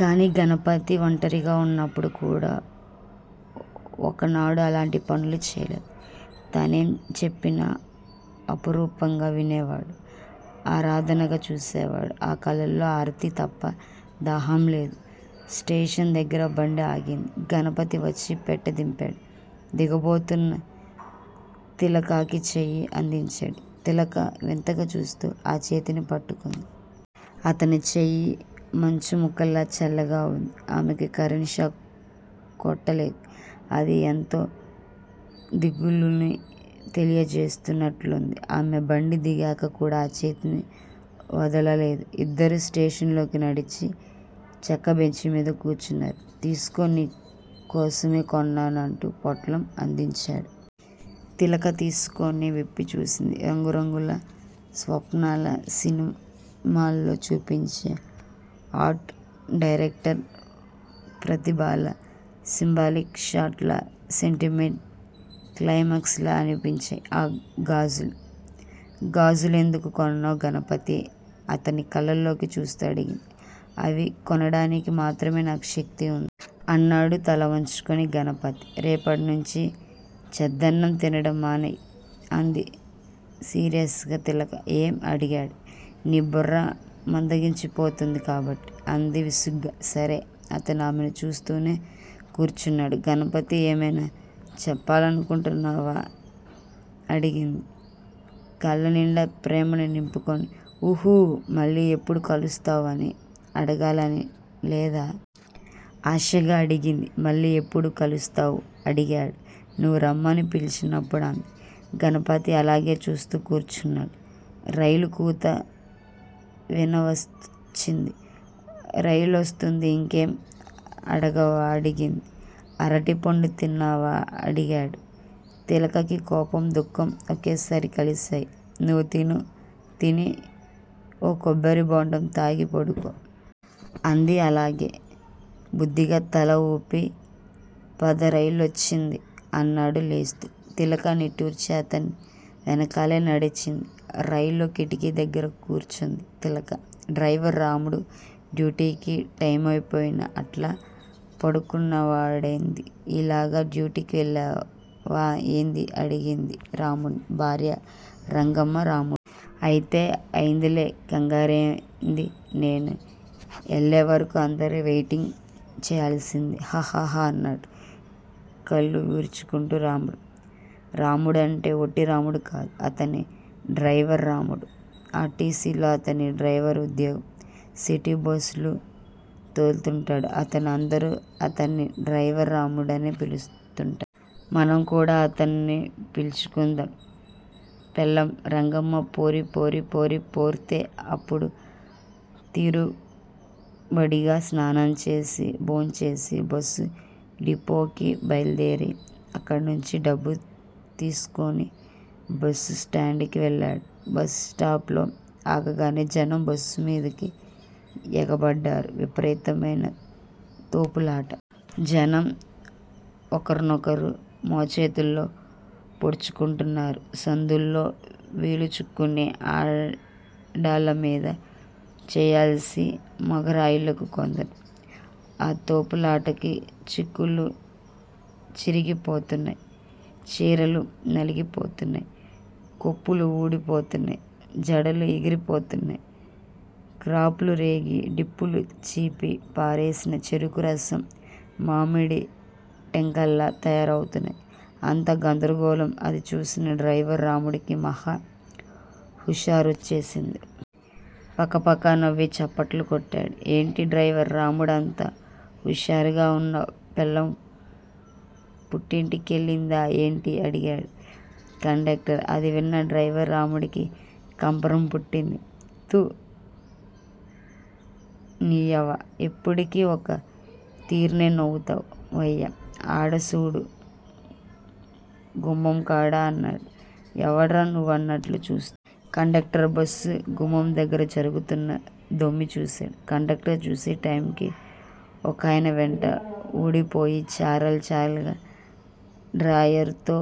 కానీ గణపతి ఒంటరిగా ఉన్నప్పుడు కూడా ఒక్కనాడూ అలాంటి పనులు చెయ్యలేదు. తనేం చెప్పినా అపురూపంగా వినేవాడు! ఆరాధనగా చూసేవాడు. ఆ కళ్ళల్లో ఆర్తి తప్ప దాహం లేదు! స్టేషన్ దగ్గర బండి ఆగింది. గణపతివచ్చి పెట్టె దింపాడు. దిగబోతున్న తిలకకి చెయ్యి అందించాడు. తిలక వింతగా చూస్తూ ఆ చేతిని పట్టుకుంది. అతని చెయ్యి మంచుముక్కలా చల్లగా ఉంది. ఆమెకి కరెంట్ షాక్ కొట్టలేదు. అది యెంతో దిగులుని తెలియజేస్తున్నట్టుంది. ఆమె బండి దిగాక కూడా ఆ చేతిని వదలలేదు. ఇద్దరూ స్టేషన్ లోకి నడిచి చెక్క బెంచీ మీద కూర్చున్నారు. తీసుకో నీ కోసమే కొన్నాను అంటూ పొట్లం అందించాడు. తిలక తీసుకుని విప్పి చూసింది. రంగురంగుల స్వప్నాల్లా సినిమాల్లో చూపించే ఆర్టు డైరెక్టర్ ప్రతిభలా సింబాలిక్ షాట్ లా సెంటిమెంటల్ క్లైమాక్స్ లా అనిపించాయి ఆ గాజులు! గాజులెందుకు కొన్నావు గణపతీ! అతని కళ్ళల్లోకి చూస్తూ అడిగింది. అవి కొనడానికి మాత్రమే నాకు శక్తి ఉంది! అన్నాడు తలవంచుకుని. గణపతీ! రేపటినుంచీ చద్దన్నం తినడం మానెయ్యి! అంది సీరియస్ గా తిలక. ఏం? అడిగాడు. నీ బుర్ర మందగించిపోతోంది కాబట్టి! అంది విసుగ్గా. సరే! అతను ఆమెను చూస్తూనే కూర్చున్నాడు. గణపతీ! ఏమైనా చెప్పాలనుకుంటున్నావా? అడిగింది కళ్ళనిండా ప్రేమని నింపుకుని. ఊహుఁ. మళ్ళీ ఎప్పుడు కలుస్తావూ అని అడగాలని లేదా? ఆశగా అడిగింది. మళ్ళీ ఎప్పుడు కలుస్తావూ? అడిగాడు. నువ్వు రమ్మని పిలిచినప్పుడు! అంది. గణపతి అలాగే చూస్తూ కూర్చున్నాడు. రైలు కూత వినవచ్చింది. రైలొస్తోంది. ఇంకేం అడగవా? అడిగింది. అరటిపండ్లు తింటావా? అడిగాడు. తిలకకి కోపం, దుఃఖం ఒకేసారి కలిగాయి. నువ్వు తిను తిని, ఓ కొబ్బరి బోండాం తాగి పడుకో! అంది. అలాగే! బుద్దిగా తల ఊపి, పద రైలొచ్చింది! అన్నాడు లేస్తూ. తిలక నిట్టూర్చి అతని వెనకాలే నడిచింది. రైల్లో కిటికీ దగ్గర కూర్చుంది తిలక. డ్రైవర్ రాముడు డ్యూటీకి టైమైపోయినా అట్టా పడుకున్నావేంది. ఈయాల డ్యూటీకెళ్ళవా ఏంది? అడిగింది రాముడి భార్య రంగమ్మ రాముడ్ని. అయితే అయిందిలే కంగారేంది? నేను ఎల్లేవర్కూ అందరూ వెయిటింగ్ సెయ్యాల్సిందే! హ హ హ అన్నాడు ఒళ్లు విరుచుకుంటూ రాముడు. రాముడంటే ఒట్టి రాముడు కాదు అతను, డ్రైవర్ రాముడు. ఆర్టీసిలో అతనికి డ్రైవర్ ఉద్యోగం. సిటీ బస్సులు తోల్తుంటాడు అతను. అందరూ అతడ్ని డ్రైవర్ రాముడునే పిలుస్తుంటారు. మనం కూడా అలానే పిల్చుకుందాం. పెళ్లాం రంగమ్మ పోరీ పోరీ పోరీ పోర్తే అప్పుడు తీరుబడిగా స్నానం చేసి, భోంచేసి బస్సు డిపోకి బయలుదేరి అక్కడినుండి బస్సు తీస్కుని బస్సు స్టాండుకి వెళ్ళాడు బస్సు స్టాపులో ఆగగానే జనం బస్సు మీదికి ఎగబడ్డారు. విపరీతమైన తోపులాట! జనం ఒకర్నొకరు మోచేతుల్తో పొడుచుకుంటున్నారు సందులో వీలు చూస్కుని ఆడాళ్ళ మీద చెయ్యేసి మగరాయుళ్ళు కొందరు! ఆ తోపులాటకి చొక్కాలు చిరిగి పోతున్నాయ్. చీరలు నగిలి పోతున్నాయ్. కొప్పులు ఊడి పోతున్నాయ్ జడలు ఎగిరి పోతున్నాయ్ క్రాపులు రేగి, డిప్పలు చీకి పారేసిన చెరుకు రసం మామిడి టెంకల్లా తయారవుతున్నాయ్ అంతా గందరగోళం అది చూసిన డ్రైవర్ రాముడికి మహా హుషారోచ్చేసింది. పకపకా నవ్వి చప్పట్లు కొట్టాడు. ఏంటి డ్రైవర్ రాముడూ అంత హుషారుగా ఉన్నావ్? పెళ్లాం పుట్టింటికెళ్ళిందా ఏంటి? అడిగాడు కండక్టర్. అది విన్న డ్రైవర్ రాముడికి కంపరం పుట్టింది. థూ నియవ్వ? ఎప్పుడూ ఒక్క తీర్నే నవ్వుతార్ వయ్య? ఆడ సూడు గుమ్మంకాడ అన్నాడు ఎవడ్రా నువ్వూ అన్నట్టు చూస్తూ. కండక్టర్ బస్సు గుమ్మం దగ్గర జరుగుతున్న దొమ్మీ చూశాడు. కండక్టర్ చూసే టైంకి ఒకాయన పంచె ఊడిపోయి, చారల చారల డ్రాయరుతో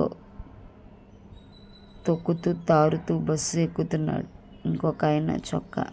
తొక్కుతూ తారుతూ బస్సు ఎక్కుతున్నాడు. ఇంకొకయన చొక్కా